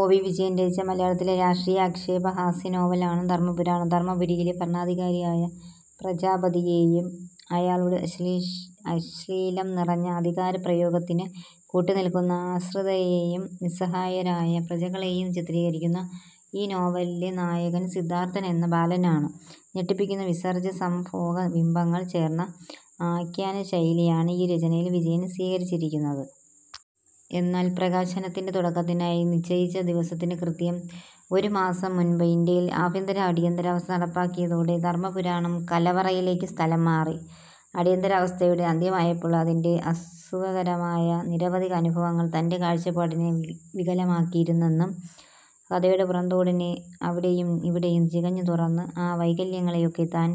O. V. Vijayan രചിച്ച മലയാളത്തിലെ രാഷ്ട്രീയ ആക്ഷേപഹാസ്യ നോവൽ ആണ് ധർമ്മപുരാണം. ധർമ്മപുരിയിലെ ഭരണാധികാരിയായ പ്രജാപതിയെയും അയാളുടെ അശ്ലീലം നിറഞ്ഞ അധികാരപ്രയോഗത്തിന് കൂട്ടുനിൽക്കുന്ന ആശ്രിതരേയും നിസ്സഹായരായ പ്രജകളെയും ചിത്രീകരിക്കുന്ന ഈ നോവലിലെ നായകൻ സിദ്ധാർത്ഥൻ എന്ന ബാലനാണ്. ഞെട്ടിപ്പിക്കുന്ന വിസർജ്ജ്യ, സംഭോഗ ബിംബങ്ങൾ ചേർന്ന ആഖ്യാന ശൈലിയാണ് ഈ രചനയിൽ വിജയൻ സ്വീകരിച്ചിരിക്കുന്നത്. എന്നാൽ പ്രകാശനത്തിന്റെ തുടക്കത്തിനായി നിശ്ചയിച്ച ദിവസത്തിനു കൃത്യം ഒരു മാസം മുൻപ് ഇൻഡ്യയിൽ ആഭ്യന്തര അടിയന്തരാവസ്ഥ നടപ്പാക്കിയതോടെ "ധർമ്മപുരാണം, കലവറയിലേയ്ക്കു സ്ഥലം മാറി". അടിയന്തരാവസ്ഥയുടെ അന്ത്യമായപ്പോൾ, അതിന്റെ അസുഖകരമായ നിരവധി അനുഭവങ്ങൾ തന്റെ കാഴ്ചപ്പാടിനെ വികലമാക്കിയിരുന്നെന്നും, കഥയുടെ പുറംതോടിനെ അവിടെയും ഇവിടെയും ചികഞ്ഞു തുറന്ന് ആ വൈകല്യങ്ങളെയൊക്കെ താൻ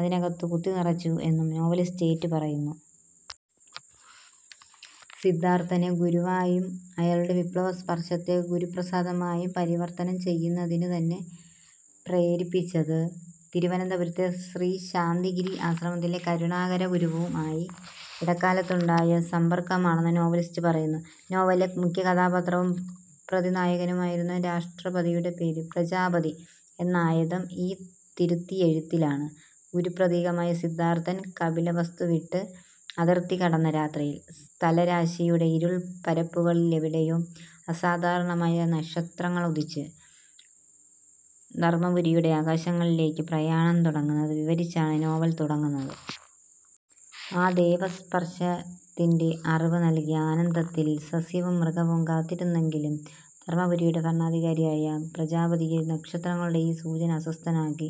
അതിനകത്തു കുത്തി നിറച്ചു എന്നും നോവലിസ്റ്റ് ഏറ്റു പറയുന്നു. സിദ്ധാർത്ഥനെ ഗുരുവായും അയാളുടെ വിപ്ലവസ്പർശത്തെ ഗുരുപ്രസാദമായും പരിവർത്തനം ചെയ്യുന്നതിനു തന്നെ പ്രേരിപ്പിച്ചത്, തിരുവനന്തപുരത്തെ ശ്രീശാന്തിഗിരി ആശ്രമത്തിലെ കരുണാകരഗുരുവുമായി ഇടക്കാലത്തുണ്ടായ സമ്പർക്കമാണെന്ന് നോവലിസ്റ്റ് പറയുന്നു. നോവലിലെ മുഖ്യകഥാപാത്രവും പ്രതിനായകനുമായിരുന്ന "രാഷ്ട്രപതി"-യുടെ പേര് "പ്രജാപതി" എന്നായതും ഈ തിരുത്തിയെഴുത്തിലാണ്. ഗുരുപ്രതീകമായ സിദ്ധാർത്ഥൻ കപിലവസ്തു വിട്ട് അതിർത്തി കടന്ന രാത്രിയിൽ, "സ്ഥലരാശിയുടെ ഇരുൾപ്പരപ്പുകളിലെവിടെയോ അസാധാരണമായ നക്ഷത്രങ്ങളുദിച്ച്" ധർമ്മപുരിയുടെ ആകാശങ്ങളിലേയ്ക്ക് പ്രയാണം തുടങ്ങുന്നത് വിവരിച്ചാണ് നോവൽ തുടങ്ങുന്നത്. ആ ദേവസ്പർശത്തിന്റെ അറിവ് നൽകിയ ആനന്ദത്തിൽ സസ്യവും മൃഗവും കാത്തിരുന്നെങ്കിലും ധർമ്മപുരിയുടെ ഭരണാധികാരിയായ പ്രജാപതിയെ നക്ഷത്രങ്ങളുടെ ഈ സൂചന അസ്വസ്ഥനാക്കി.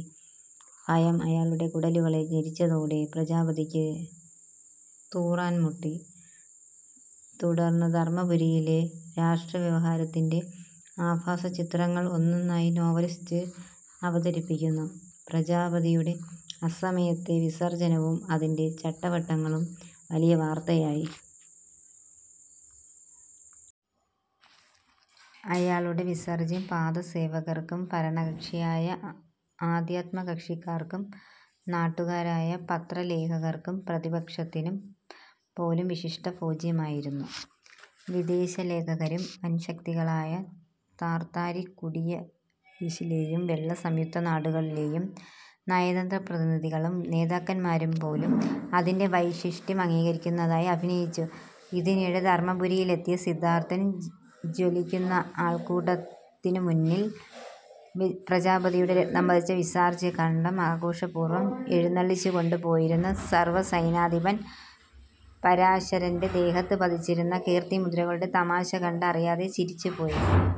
ഭയം അയാളുടെ കുടലുകളെ ഞെരിച്ചതോടെ "പ്രജാപതിയ്ക്ക് തൂറാൻ മുട്ടി". തുടന്ന് ധർമ്മപുരിയിലെ രാഷ്ട്രവ്യവഹാരത്തിന്റെ ആഭാസചിത്രങ്ങൾ ഒന്നൊന്നായി നോവലിസ്റ്റ് അവതരിപ്പിക്കുന്നു. പ്രജാപതിയുടെ അസമയത്തെ വിസർജ്ജനവും അതിന്റെ ചട്ടവട്ടങ്ങളും വലിയ വാർത്തയായി. അയാളുടെ വിസർജ്ജ്യം പാദസേവകർക്കും, ഭരണകക്ഷിയായ ആധ്യാത്മകക്ഷിക്കാർക്കും, നാട്ടുകാരായ പത്രലേഖകർക്കും, പ്രതിപക്ഷത്തിനും പോലും വിശിഷ്ടഭോജ്യമായിരുന്നു. വിദേശലേഖകരും, വൻശക്തികളായ താർത്താരിക്കുടിയരശിലേയും വെള്ള സംയുക്തനാടുകളിലേയും നയതന്ത്രപ്രതിനിധികളും നേതാക്കന്മാരും പോലും അതിന്റെ വൈശിഷ്ട്യം അംഗീകരിക്കുന്നതായി അഭിനയിച്ചു. ഇതിനിടെ ധർമ്മപുരിയിലെത്തിയ സിദ്ധാർത്ഥൻ, ജയ്വിളിക്കുന്ന അൾകൂട്ടത്തിനു മുൻപിൽ പ്രജാപതിയുടെ രത്നം പതിച്ച വിസർജ്ജ്യഘണ്ഡം ആഘോഷപൂർവം എഴുന്നെള്ളിച്ചുകൊണ്ടുപോയിരുന്ന സർവസൈന്യാധിപൻ പരാശരന്റെ ദേഹത്ത് പതിച്ചിരുന്ന കീർത്തിമുദ്രകളുടെ തമാശ കണ്ട് അറിയാതെ ചിരിച്ചുപോയി.